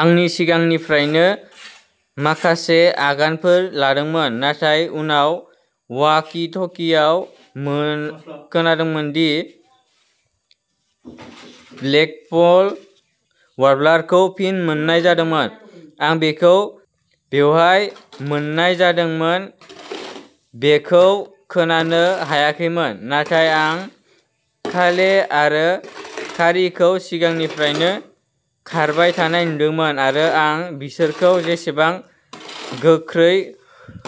आंनि सिगांनिफ्रायनो माखासे आगानफोर लादोंमोन नाथाय उनाव वाकि-टकिआव मो खोनादोंमोन दि ब्लेकपल वार्बलारखौ फिन मोन्नाय जादोंमोन आं बेखौ बेवहाय मोन्नाय जादोंमोन बेखौ खोनानो हायाखैमोन। नाथाय आं काले आरो कारीखौ सिगांनिफ्रायनो खारबाय थानाय नुदोंमोन आरो आं बिसोरखौ जेसेबां गोख्रै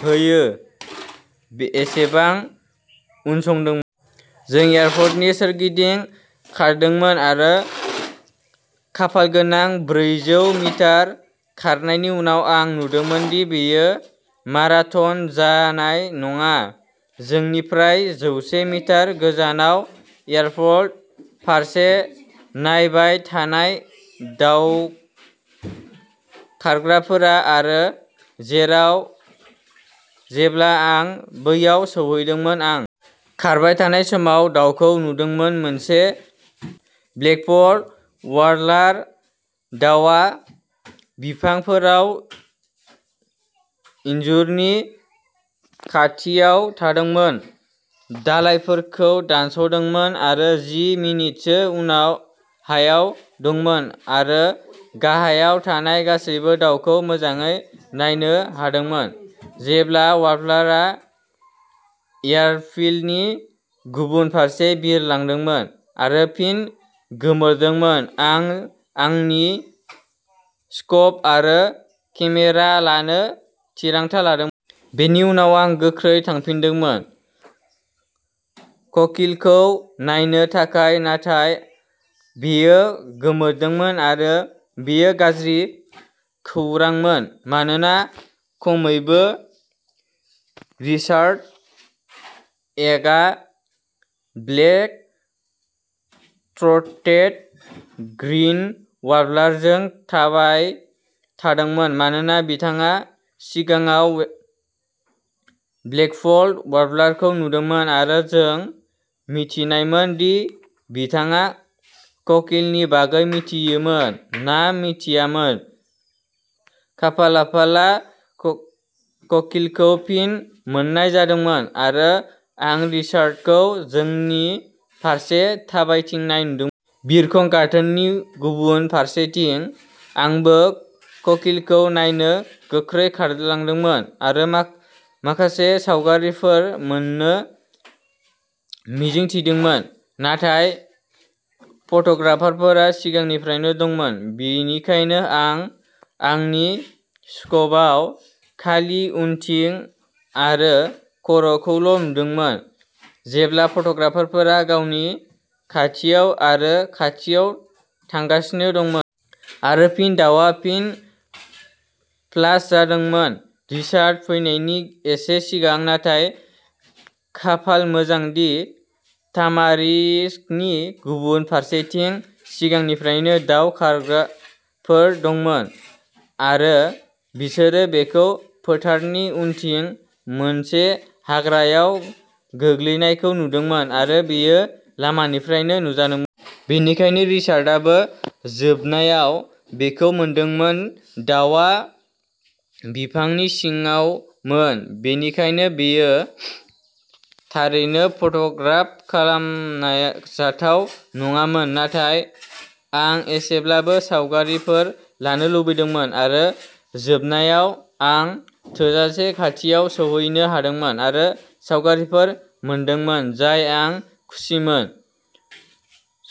होयो एसेबां उनसंदों। जों एयारफडनि सोरगिदिं खारदोंमोन आरो खाफालगोनां ब्रैजौ मिटार खारनायनि उनाव आं नुदोंमोन दि बेयो माराथन जानाय नङा जोंनिफ्राय जौसे मिटार गोजानाव एयारफड फारसे नायबाय थानाय दाव खारग्राफोरा। आरो जेराव जेब्ला आं बैयाव सौहैदोंमोन, आं खारबाय थानाय समाव दाउखौ नुदोंमोन मोनसे ब्लेकपल वार्बलार दाउआ बिफांफोराव इनजुरनि खाथियाव थादोंमोन, दालाइफोरखौ दानस'दोंमोन आरो जि मिनिटसो हायाव दंमोन आरो गाहायाव थानाय गासैबो दाउखौ मोजाङै नायनो हादोंमोन जेब्ला वार्बलारआ एयारफील्डनि गुबुन फारसे बिरलांदोंमोन आरो फिन गोमोरदोंमोन, आं आंनि स्कोप आरो केमेरा लानो थिरांथा लादोंमो। बेनि उनाव आं गोख्रै थांफिनदोंमोन कोकिलखौ नायनो थाखाय नाथाय बेयो गोमोरदोंमोन। आरो बेयो गाज्रि खौरांमोन मानोना खमैबो रिचार्ड एकआ ब्लेक थ्र'टेटेड ग्रीन वार्बलारजों थाबाय थादोंमोन मानोना बिथाङा सिगाङाव ब्लेकपल वार्बलारखौ नुदोंमोन आरो जों मिथिनायमोन दि बिथाङा कोकिलनि बागै मिथियोमोन ना मिथियामोन खाफालाफाला कोकिलखौ फिन मोन्नाय जादोंमोन आरो आं रिचार्डखौ जोंनि फारसे थाबायथिंनाय नुदोंमोन। बिरखं गाथोननि गुबुन फारसेथिं। आंबो कोकिलखौ नायनो गोख्रै खारलांदोंमोन आरो माखा माखासे सावगारिफोर मोन्नो मिजिं थिदोंमोन, नाथाय फट'ग्राफारफोरा सिगांनिफ्रायनो दंमोन। बेनिखायनो आं आंनि स्कोपआव खालि उनथिं आरो खर'खौल' नुदोंमोन, जेब्ला फट'ग्राफारफोरा गावनि खाथियाव आरो खाथियाव थांगासिनो दंमोन। आरो फिन दाउआ फिन फ्लास जादोंमोन रिचार्ड फैनायनि एसे सिगां। नाथाय खाफाल मोजां दि तामारिस्कनि गुबुन फारसेथिं सिगांनिफ्रायनो दाव खारग्राफोर दंमोन आरो बिसोरो बेखौ फोथारनि उनथिं मोनसे हाग्राआव गोग्लैनायखौ नुदोंमोन आरो बेयो लामानिफ्रायबो नुजादोंमोन। बेनिखायनो रिचार्डआबो जोबनायाव बेखौ मोनदोंमोन दाउआ बिफांनि सिङावमोन, बेनिखायनो बेयो थारैनो फट'ग्राफ खालामनाजाथाव नङामोन, नाथाय आं एसेब्लाबो सावगारिफोर लानो लुबैदोंमोन। आरो जोबनायाव आं थोजासे खाथियाव सौहैनो हादोंमोन आरो सावगारिफोर मोनदोंमोन जाय आं खुसिमोन।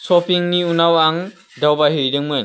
शपिंनि उनाव आं दावबायहैदोंमोन।